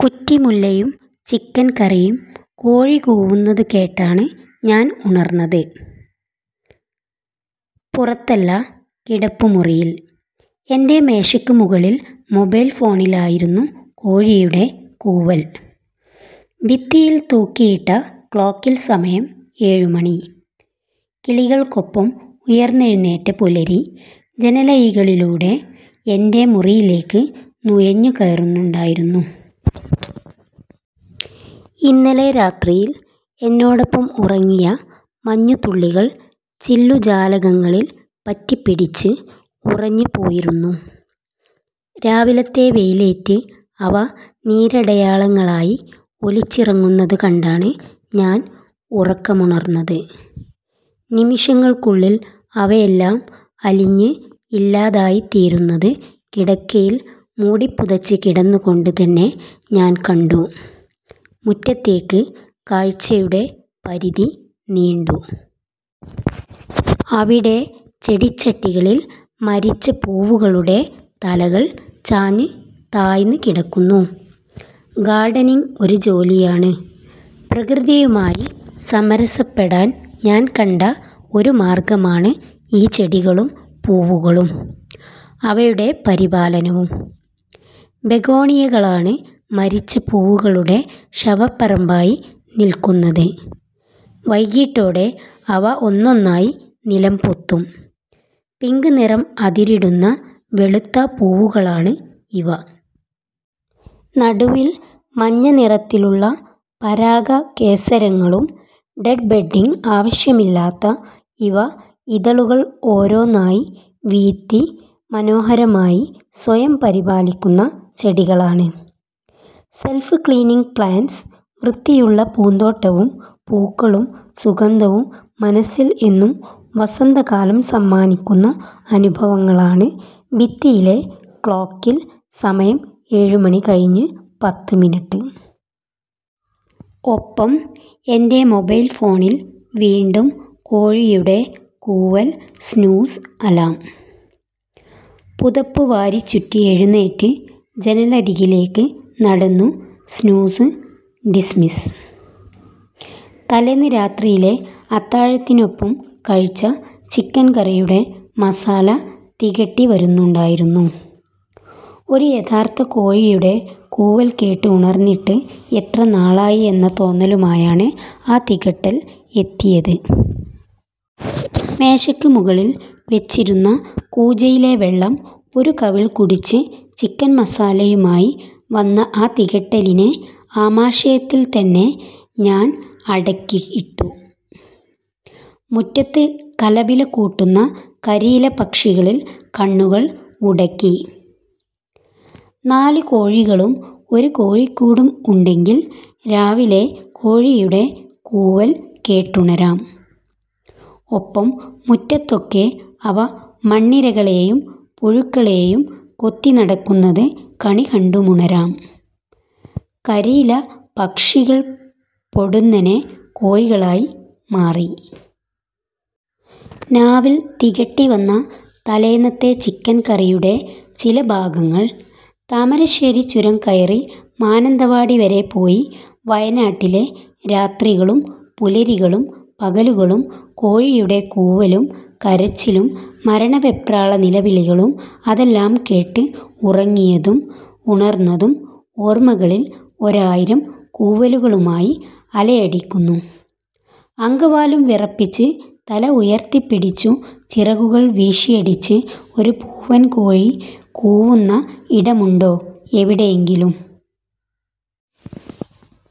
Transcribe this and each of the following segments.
കുറ്റിമുല്ലയും chicken കറിയും കോഴി കൂവുന്നതു കേട്ടാണ് ഞാൻ ഉണർന്നത്. പുറത്തല്ല, കിടപ്പുമുറിയിൽ. എന്റെ മേശയ്ക്ക് മുകളിൽ മൊബൈൽ ഫോണിലായിരുന്നു കോഴിയുടെ കൂവൽ. ഭിത്തിയിൽ തൂക്കിയിട്ട ക്ലോക്കിൽ സമയം ഏഴുമണി. കിളികൾക്കൊപ്പം ഉണർന്നെഴുനേറ്റ പുലരി ജന്നലഴികളിലൂടെ എന്റെ മുറിയിലേക്ക് നുഴഞ്ഞു കയറുന്നുണ്ടായിരുന്നു. ഇന്നലെ രാത്രിയിൽ എന്നോടൊപ്പം ഉറങ്ങിയ മഞ്ഞുതുള്ളികൾ ചില്ലു ജാലകങ്ങളിൽ പറ്റിപ്പിടിച്ച് ഉറഞ്ഞ് പോയിരുന്നു. രാവിലത്തെ വെയിലേറ്റ് അവ നീരടയാളങ്ങളായി ഒലിച്ചിറങ്ങുന്നതു കണ്ടാണ് ഞാൻ ഉറക്കമുണർന്നത്. നിമിഷങ്ങൾക്കുള്ളിൽ അവയെല്ലാം അലിഞ്ഞ് ഇല്ലാതായിത്തീരുന്നത് കിടക്കയിൽ മൂടിപ്പുതച്ച് കിടന്നുകൊണ്ട് തന്നെ ഞാൻ കണ്ടു. മുറ്റത്തേക്ക് കാഴ്ചയുടെ പരിധി നീണ്ടു. അവിടെ ചെടിച്ചട്ടികളിൽ മരിച്ച പൂവുകളുടെ തലകൾ ചാഞ്ഞ് താഴ്ന്ന് കിടക്കുന്നു. ഗാർഡനിംഗ് ഒരു ജോലിയാണ്. പ്രകൃതിയുമായി സമരസപ്പെടാൻ ഞാൻ കണ്ട ഒരു മാർഗമാണ് ഈ ചെടികളും പൂവുകളും അവയുടെ പരിപാലനവും. ബെഗോണിയകളാണ് മരിച്ച പൂവുകളുടെ ശവപ്പറമ്പായി നിൽക്കുന്നത്. വൈകീട്ടോടെ അവ ഒന്നൊന്നായി നിലംപൊത്തും. പിങ്ക് നിറം അതിരിടുന്ന വെളുത്ത പൂവുകളാണ് ഇവ. നടുവിൽ മഞ്ഞ നിറത്തിലുള്ള പരാഗകേസരങ്ങളും. ഡെഡ്ബെഡ്ഡിംഗ് ആവശ്യമില്ലാത്ത ഇവ ഇതളുകൾ ഒരോന്നായി വീഴ്ത്തി മനോഹരമായി സ്വയം പരിപാലിക്കുന്ന ചെടികളാണ് -സെല്ഫ് ക്ലീനിംഗ് പ്ലാന്റ്സ്. വൃത്തിയുള്ള പൂന്തോട്ടവും, പൂക്കളും, സുഗന്ധവും മനസ്സില് എന്നും വസന്തകാലം സമ്മാനിക്കുന്ന അനുഭവങ്ങളാണ് ഭിത്തിയിലെ ക്ലോക്കില് സമയം ഏഴു മണി കഴിഞ്ഞ് പത്ത് മിനിട്ട്. ഒപ്പം, എന്റെ മൊബൈൽ ഫോണിൽ വീണ്ടും കോഴിയുടെ കൂവൽ സ്നൂസ് അലാം. പുതപ്പുവാരിച്ചുറ്റി എഴുന്നേറ്റ് ജന്നലരികിലേക്ക് നടന്നു സ്നൂസ് ഡിസ്മിസ്. തലേന്ന് രാത്രിയിലെ അത്താഴത്തിനൊപ്പം കഴിച്ച ചിക്കൻ കറിയുടെ മസാല തികട്ടി വരുന്നുണ്ടായിരുന്നു. ഒരു യഥാർത്ഥ കോഴിയുടെ കൂവൽ കേട്ട് ഉണർന്നിട്ട് എത്ര നാളായി എന്ന തോന്നലുമായാണ് ആ തികട്ടൽ എത്തിയത്. മേശയ്ക്ക് മുകളിൽ വെച്ചിരുന്ന കൂജയിലെ വെള്ളം ഒരു കവിൾ കുടിച്ച് ചിക്കൻ മസാലയുമായി വന്ന ആ തികട്ടലിനെ ആമാശയത്തിൽ തന്നെ ഞാൻ അടക്കിയിട്ടു. മുറ്റത്ത് കലപിലകൂട്ടുന്ന കരിയിലപക്ഷികളിൽ കണ്ണുകൾ ഉടക്കി. നാലു കോഴികളും ഒരു കോഴിക്കൂടും ഉണ്ടെങ്കിൽ രാവിലെ കോഴിയുടെ കൂവൽ കേട്ടുണരാം. ഒപ്പം മുറ്റത്തൊക്കെ അവ മണ്ണിരകളെയും പുഴുക്കളേയും കൊത്തി നടക്കുന്നത് കണികണ്ടുമുണരാം കരിയില പക്ഷികൾ പൊടുന്നനെ കോഴികളായി മാറി. നാവിൽ തികട്ടിവന്ന തലേന്നത്തെ ചിക്കൻ കറിയുടെ ചില ഭാഗങ്ങൾ താമരശ്ശേരി ചുരം കയറി മാനന്തവാടി വരെ പോയി വയനാട്ടിലെ രാത്രികളും, പുലരികളും, പകലുകളും കോഴിയുടെ കൂവലും കരച്ചിലും മരണവെപ്രാള നിലവിളികളും അതെല്ലാം കേട്ട് ഉറങ്ങിയതും ഉണർന്നതും, ഓർമകളിൽ ഒരായിരം കൂവലുകളുമായി അലയടിക്കുന്നു അങ്കവാലും വിറപ്പിച്ച് തല ഉയർത്തിപ്പിടിച്ചു ചിറകുകൾ വീശിഅടിച്ച് ഒരു പൂവൻ കോഴി കൂവുന്ന ഇടമുണ്ടോ എവിടെയെങ്കിലും.?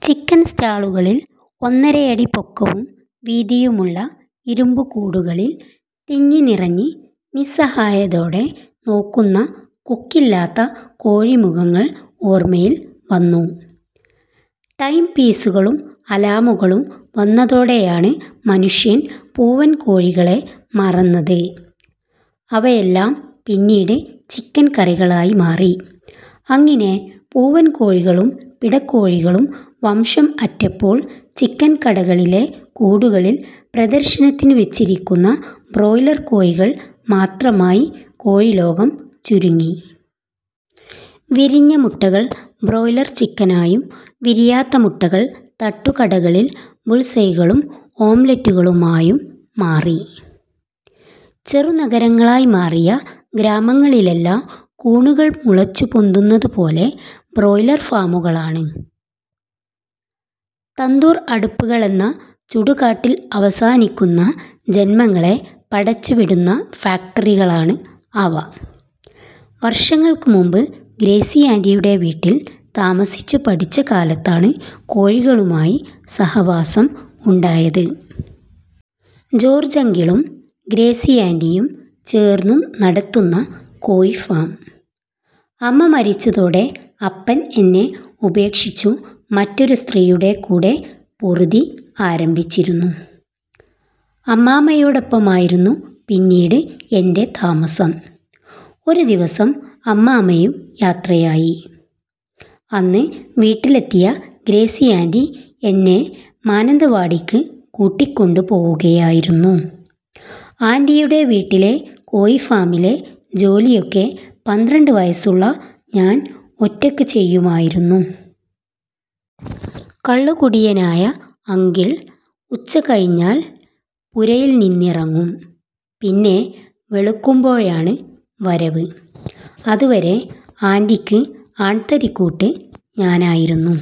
ചിക്കൻ സ്റ്റാളുകളിൽ, ഒന്നരയടി പൊക്കവും വീതിയുമുള്ള ഇരുമ്പുകൂടുകളിൽ തിങ്ങിനിറഞ്ഞ് നിസ്സാഹയതോടെ നോക്കുന്ന കൊക്കില്ലാത്ത കോഴി മുഖങ്ങൾ ഓർമയിൽ വന്നു. ടൈം പീസുകളും അലാമുകളും വന്നതോടെയാണ് മനുഷ്യൻ പൂവൻ കോഴികളെ മറന്നത്. അവയെയെല്ലാം പിന്നീട് ചിക്കൻ കറികളായി മാറി. അങ്ങിനെ പൂവൻകോഴികളും പിടക്കോഴികളും വംശം അറ്റപ്പോൾ ചിക്കൻ കടകളിലെ കൂടുകളിൾ പ്രദർശനത്തിന് വെച്ചിരിക്കുന്ന ബ്രോയിലർ കോഴികൾ മാത്രമായി കോഴിലോകം ചുരുങ്ങി. വിരിഞ്ഞ മുട്ടകൾ ബ്രോയിലർ ചിക്കനായും വിരിയാത്ത മുട്ടകൾ തട്ടുകടകളിൽ ബുള്സൈകളും ഓംലെറ്റുകളുമായും മാറി ചെറുനഗരങ്ങളായി മാറിയ ഗ്രാമങ്ങളിലെല്ലാം കൂണുകൾ മുളച്ചു പൊന്തുന്നതു പോലെ ബ്രോയിലർ ഫാമുകളാണ്. തന്തൂർ അടുപ്പുകളെന്ന ചുടുകാട്ടിൽ അവസാനിക്കുന്ന ജന്മങ്ങളെ പടച്ചുവിടുന്ന ഫാക്ടറികളാണ് അവ. വർഷങ്ങൾക്ക് മുമ്പ് ഗ്രേസിയാന്റിയുടെ വീട്ടിൽ താമസിച്ചു പഠിച്ച കാലത്താണ് കോഴികളുമായി സഹവാസം ഉണ്ടായത്. ജോർജങ്കിളും ഗ്രേസിയാന്റിയും ചേർന്നു നടത്തുന്ന കോഴിഫാം. അമ്മ മരിച്ചതോടെ അപ്പൻ എന്നെ ഉപേക്ഷിച്ചു മറ്റൊരു സ്ത്രീയുടെ കൂടെ പൊറുതി ആരംഭിച്ചിരുന്നു. അമ്മാമ്മയൊടൊപ്പമായിരുന്നു പിന്നീട് എന്റെ താമസം. ഒരു ദിവസം അമ്മാമ്മയും യാത്രയായി. അന്ന് വീട്ടിലെത്തിയ ഗ്രേസിയാന്റി എന്നെ മാനന്തവാടിക്ക് കൂട്ടിക്കൊണ്ടു പോകുകയായിരുന്നു. ആൻ്റിയുടെ വീട്ടിലെ കോഴിഫാമിലെ ജോലിയൊക്കെ പന്ത്രണ്ട് വയസ്സുള്ള ഞാൻ ഒറ്റയ്ക്ക് ചെയ്യുമായിരുന്നു. കള്ളുകുടിയനായ അങ്കിൾ ഉച്ചകഴിഞ്ഞാൽ പുരയിൽ നിന്നിറങ്ങും പിന്നെ വെളുക്കുമ്പോഴാണ് വരവ്. അതുവരെ ആന്റിക്ക് ആൺതരി കൂട്ട് ഞാനായിരുന്നു.